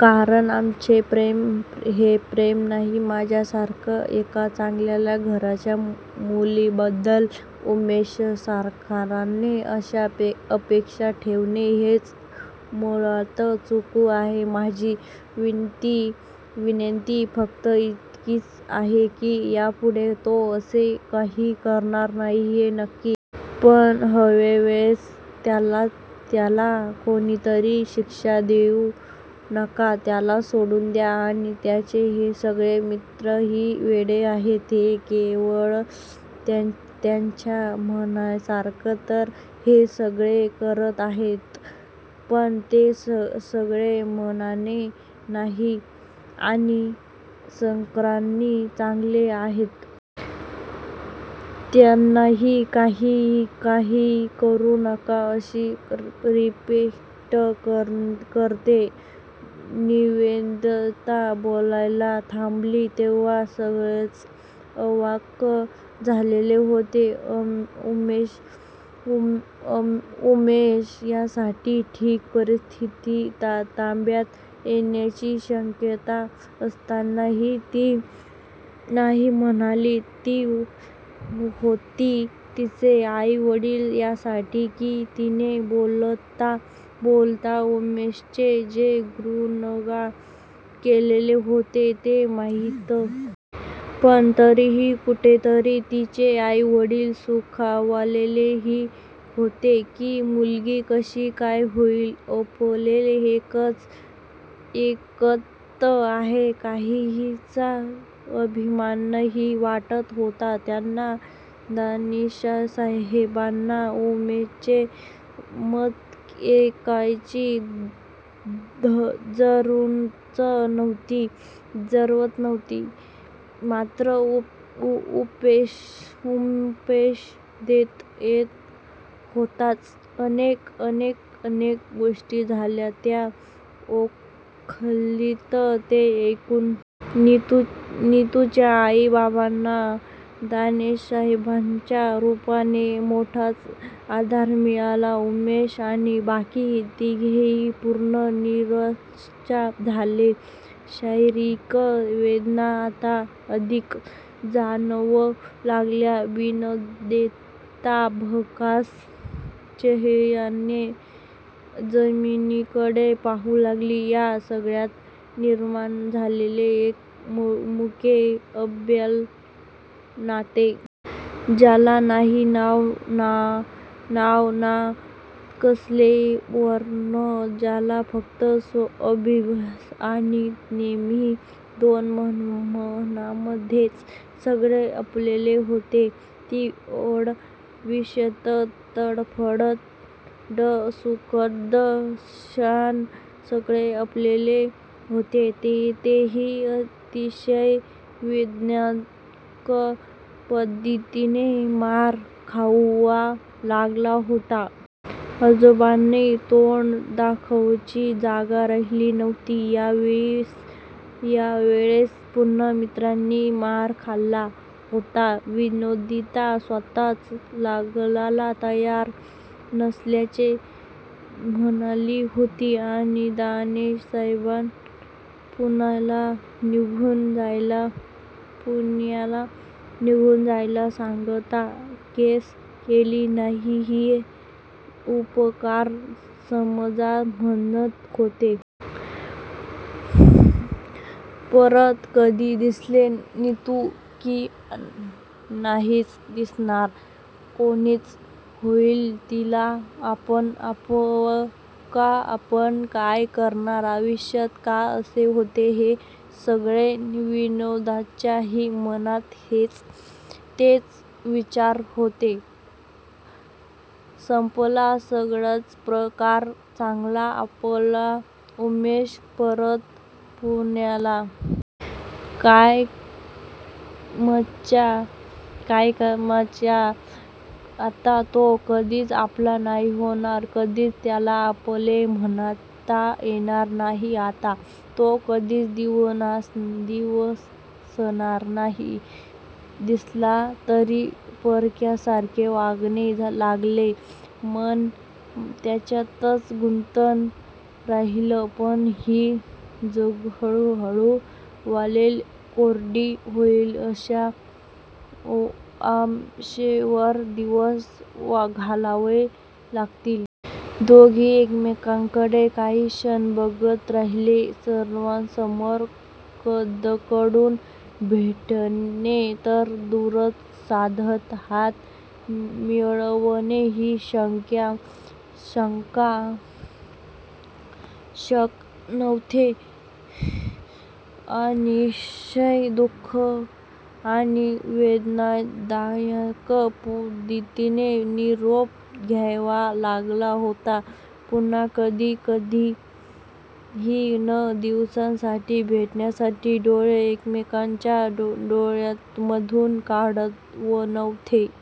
कारण आमचे प्रेम हे प्रेम नाही. माझ्यासारख्या एका चांगल्या घरच्या मुलीबाबत उमेशसारख्याने अशा अपेक्षा ठेवणे हेच मुळात चूक आहे. माझी विनंती फक्त इतकीच आहे की यापुढे तो असे काहीही करणार नाही हे नक्की. पण ह्यावेळेस त्याला कोणतीही शिक्षा देऊ नका. त्याला सोडून द्या आणि त्याचे हे सगळे मित्रही वेडे आहेत. ते केवळ त्याच्या म्हणण्याखातर हे सगळे करत आहेत. पण ते सगळे मनाने आणि संस्कारांनी चांगले आहेत. त्यांनाही काहीही करू नका अशी रिक्वेस्ट करते. निवेदिता बोलायला थांबली तेव्हा सगलेच अवाक झालेले होते. उमेश यासाठी की परिस्थिती ताब्यात येण्याची शक्यता असतानाही ती नाही म्हणाली होती. तिचे आई वडील यासाठी की तिने बोलता बोलता उमेशचे जे गुणगान केलेले होते ते माहीत असलेल्या आई बापांनी मुलीला सरळ अशा घरी देऊन टाकली असती हे उघड होते. पण तरीही कोठेतरी तिचे आईवडील सुखावलेही होते की मुलगी कशी का होईना आपले ऐकत आहे. काहीसा अभिमानही वाटत होता त्यांना! दानिशसाहेबांना उमेशचे मत ऐकायची जरूरच नव्हती. मात्र उपदेश देता येत होताच. अनेक अनेक अनेक गोष्टी झाल्या त्या खोलीत ते ऐकून! नितुच्या आई बाबांना दानिशसाहेबांच्या रुपाने मोठाच आधार मिळाला. उमेश आणि बाकी तिघेही पूर्ण निराश झाले. शारिरीक वेदना आता अधिकच जाणवू लागल्या. निवेदिता भकास चेहर्याने जमीनीकडे पाहू लागली. या सगळ्यात निर्माण झालेले एक मुके, अबोल नाते! ज्याला नाही नाव ना कसले वर्णन! ज्याला फक्त अस्तित्व आणि तेही दोन मनामध्येच! सगळे संपलेले होते. ती ओढ, विवशता, तडफड, सुखद क्षण सगळे संपलेले होते. तेही अतिशय वेदनादायक पद्धतीने! मार खावा लागला होता. आजोबांना तोंड दाखवण्याची जागा राहिली नव्हती. याही वेळेस पुन्हा मित्रांनीही मार खाल्ला होता. निवेदिता स्वतःच लग्नाला तयार नसल्याचे म्हणाली होती. आणि दानिशसाहेब पुण्याला निघून जायला सांगताना केस केली नाही हे उपकार समजा म्हणत होते. परत कधी दिसेल नितु? की नाहीच दिसणार? कोणाची होईल? तिला आपण आठवू का? आपण काय करणार आयुष्यात? का असे होते हे सगळे? निवेदिताच्याही मनात तेच विचार होते! संपला सगळाच प्रकार! चालला आपला उमेश परत पुण्याला! कायमचा! आता तो कधीच आपला नाही होणार! कधीच त्याला आपले म्हणता येणार नाही. आता तो कधीच दिसणारही नाही. दिसला तरी परक्यासारखे वागावे लागेल. मन त्याच्यातच गुंतून राहील. पण ही जखम ह्ळूहळू वालेल, कोर्डी होईल अशा आशेवर दिवस घालवावे लागतील. दोघेही एकमेकांकडे काही क्षण बघतच राहिले. सर्वांसमोर कदकडून भेटने तर दूरच, साधा हात मिळवणेही शक्य नव्हते. अतिशय दु:खद आणि वेदनादायक पद्धतीने निरोप घ्यावा लागत होता. पुन्हा कधी कधीही न दिसण्यासाठी, भेटण्यासाठी! डोळे एकमेकांच्या डोळ्यांमधून काढवतच नव्हते. तेवढ्यात दानिशसाहेबांचा